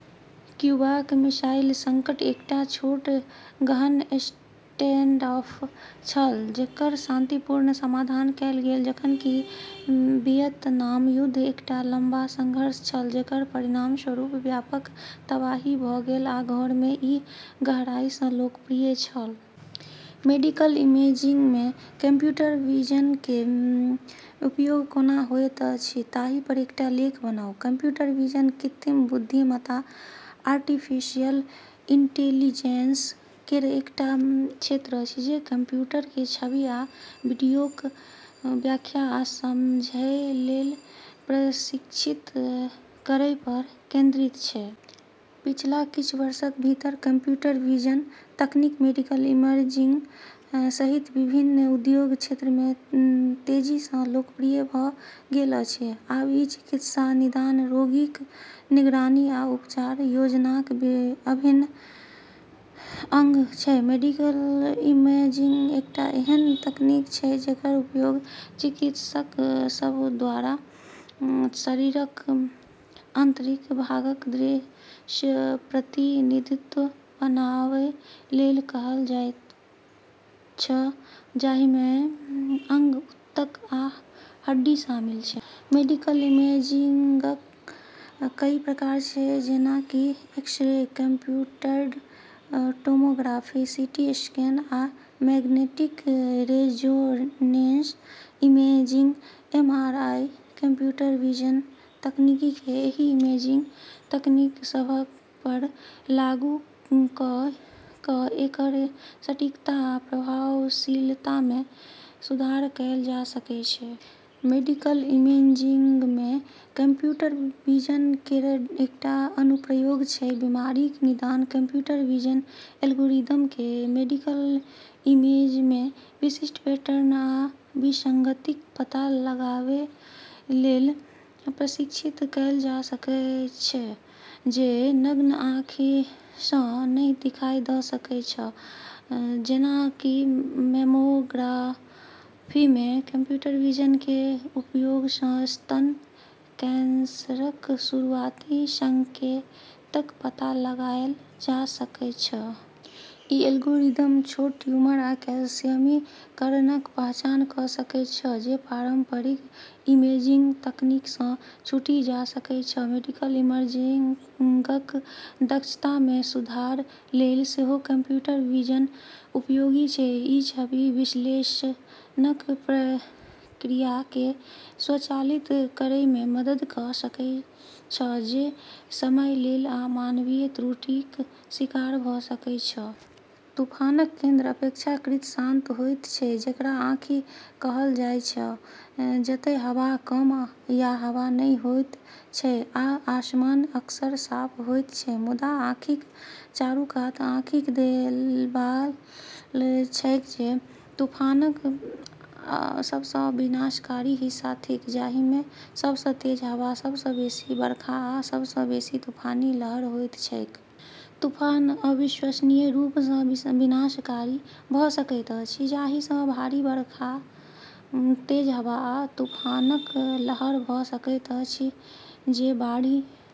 क्यूबाक missile संकट एकटा छोट, गहन स्टैंडऑफ छल जेकर शांतिपूर्ण समाधान कएल गेल, जखन कि वियतनाम युद्ध एकटा लम्बा संघर्ष छल जेकर परिणामस्वरूप व्यापक तबाही भऽ गेल आ घरमे ई गहराईसँ अलोकप्रिय छल। मेडिकल इमेजिंगमे कंप्यूटर विजन के उपयोग कोना होइत अछि ताहि पर एकटा लेख बनाउ। कंप्यूटर विजन कृत्रिम बुद्धिमत्ता आर्टिफिशियल इंटेलिजेंस केर एकटा क्षेत्र अछि जे कंप्यूटरकेँ छवि आ वीडियोक व्याख्या आ समझैलेल प्रशिक्षित करैपर केंद्रित छै। पिछला किछु वर्षक भीतर कंप्यूटर विजन तकनीक मेडिकल इमेजिंग सहित विभिन्न उद्योग क्षेत्रमे तेजीसँ लोकप्रिय भऽ गेल अछि। आब ई चिकित्सा निदान, रोगीक निगरानी, आ उपचार योजनाक अभिन्न अंग छै। मेडिकल इमेजिंग एकटा एहन तकनीक छै जेकर उपयोग चिकित्सक सभद्वारा शरीरक आंतरिक भागक दृश्य प्रतिनिधित्व बनाबैलेल कएल जाइछ, जाहिमे अंग, ऊतक आ हड्डी शामिल छै। मेडिकल इमेजिंगक कई प्रकार छै, जेना कि X-ray, computed tomography CT scan, आ magnetic resonance imaging MRI. Computer vision तकनीककेँ एहि इमेजिंग तकनीक सभपर लागू कऽ कऽ एकर सटीकता आ प्रभावशीलतामे सुधार कएल जा सकैछ। मेडिकल इमेजिंगमे कंप्यूटर विजन केर एकटा अनुप्रयोग छै बीमारीक निदान। कंप्यूटर विजन एल्गोरिदमकेँ मेडिकल इमेजमे विशिष्ट पैटर्न आ विसंगतिक पता लगाबैलेल प्रशिक्षित कएल जा सकैछ, जे नग्न आँखिसँ नहि दिखाई दऽ सकैछ। जेना कि मैमोग्राफीमे कंप्यूटर विजन के उपयोगसँ स्तन कैंसरक शुरुआती संकेतक पता लगाएल जा सकैछ। ई एल्गोरिदम छोट ट्यूमर या कैल्शियमीकरणक पहचान कऽ सकैछ जे पारंपरिक इमेजिंग तकनीकसँ छूटी जा सकैछ। मेडिकल इमेजिंगक दक्षतामे सुधारलेल सेहो कंप्यूटर विजन उपयोगी छै। ई छवि विश्लेषणक प्रक्रियाकेँ स्वचालित करैमे मदद कऽ सकैछ, जे समयलेल आ मानवीय त्रुटिक शिकार भऽ सकैछ। तूफानक केंद्र अपेक्षाकृत शांत होइत छै, जेकरा आँखि कहल जाइछ, जतए हवा कम या हवा नहि होइत छै आ आसमान अक्सर साफ होइत छै। मुदा, आँखिक चारूकात आँखिक देबाल छैक, जे तूफानक सबसँ विनाशकारी हिस्सा थिक, जाहिमे सबसँ तेज हवा, सबसँ बेसी बरखा, आ सबसँ बेसी तूफानी लहर होइत छैक। तूफान अविश्वसनीय रूपसँ विनाशकारी भऽ सकैत अछि, जाहिसँ भारी बरखा, तेज हवा, आ तूफानक लहर भऽ सकैत अछि जे बाढ़ि--